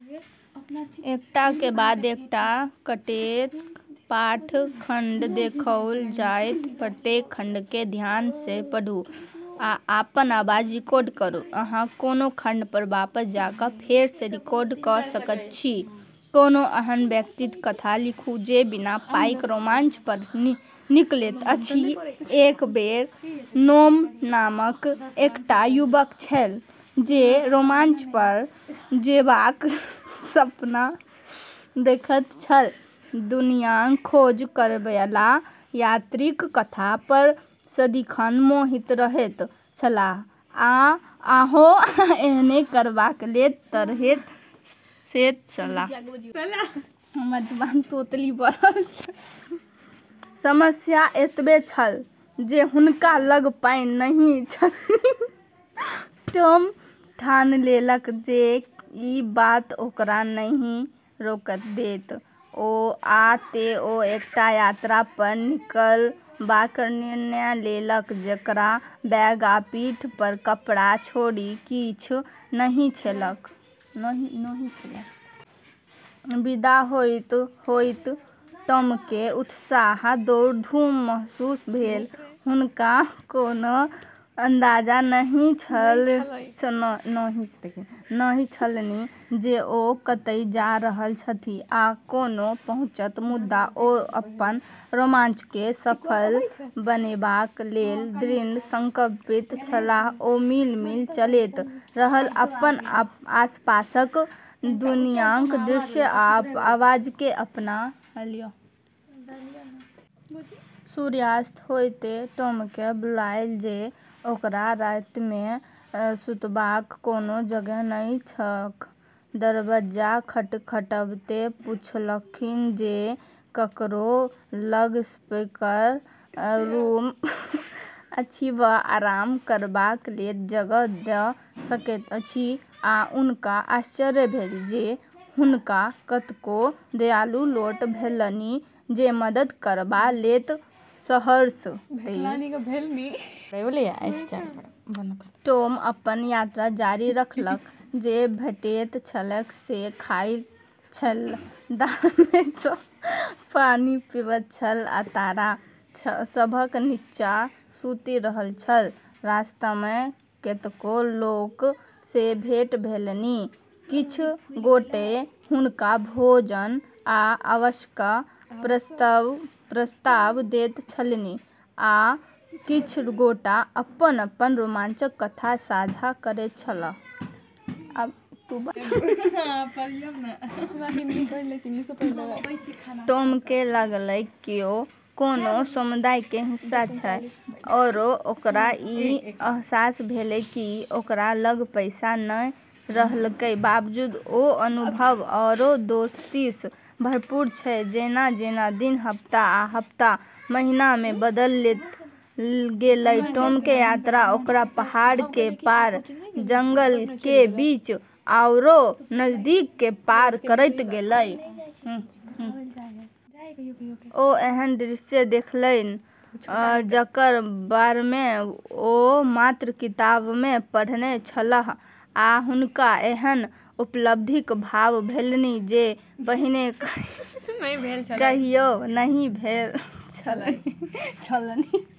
कोनो एहन व्यक्तिक कथा लिखू जे बिना पाइक रोमांच पर निकलैत अछि। एक बेर टॉम नामक एकटा युवक छल, जे रोमांच पर जेबाक सपना देखैत छल। दुनियाँक खोज करैबला यात्रीक कथा पर सदिखन मोहित रहैत छलाह, आ ओहो एहने करबाक लेल तरसैत छलाह। समस्या एतबे छल जे हुनका लग पाइ नहि छलनि। टॉम ठान लेलक जे ई बात ओकरा नहि रोकै देतैक, आ तेँ ओ एकटा यात्रा पर निकलबाक निर्णय लेलक जकरा बैग आ पीठ पर कपड़ा छोड़ि किछ नहि छलैक। विदा होइत-होइत टॉमकेँ उत्साहक दौड़-धूप महसूस भेल। हुनका कोनो अंदाजा नहि छलनि जे ओ कतय जा रहल छथि आ कोना पहुँचत, मुदा ओ अपन रोमांचके सफल बनेबाक लेल दृढ़ संकल्पित छलाह। ओ मील-मील चलैत रहल, अपन आसपासक दुनियाँक दृश्य आ आवाजकेँ अपनामे समेटैत रहल। सूर्यास्त होइते टॉमकेँ बुझायल जे ओकरा रातिमे सुतबाक कोनो जगह नहि छैक। दरबज्जा खटखटबैत पुछलखिन जे ककरो लग स्पेयर रूम अछि वा आराम करबाक लेल जगह द' सकैत अछि, आ हुनका आश्चर्य भेल जे हुनका कतेको दयालु लोक भेटलनि जे मदद करबा लेल सहर्ष तैयार छलनि । टॉम अपन यात्रा जारी रखलक, जे भेटैत छलैक से खाइत छल, धारमे सँ पानि पीबैत छल आ तारा सभक निच्चाँ सुति रहल छल। रास्तामे कतेको लोक सँ भेँट भेलनि, किछ गोटे हुनका भोजन आ आवासक प्रस्ताव दैत छलनि, आ किछ गोटे अपन-अपन रोमांचक कथा साझा करैत छलाह। टॉमके लागलै किओ कोनो समुदायके हिस्सा छै, आरो ओकरा ई अहसास भेलै कि ओकरा लग पैसा नै रहलाके बावजूद ओ अनुभव आरो दोस्तीसँ भरपूर छै। जेना-जेना दिन हफ्ता आ हफ्ता महीनामे बदलैत गेलै, टॉमके यात्रा ओकरा पहाड़के पार, जंगलके बीच आओर नदीके पार करैत गेलै। ओ एहन दृश्य देखलनि जकर बारेमे ओ मात्र किताबमे पढ़ने छलाह, आ हुनका एहन उपलब्धिक भाव भेलनि जे पहिने कहियो नहि भेल छलनि।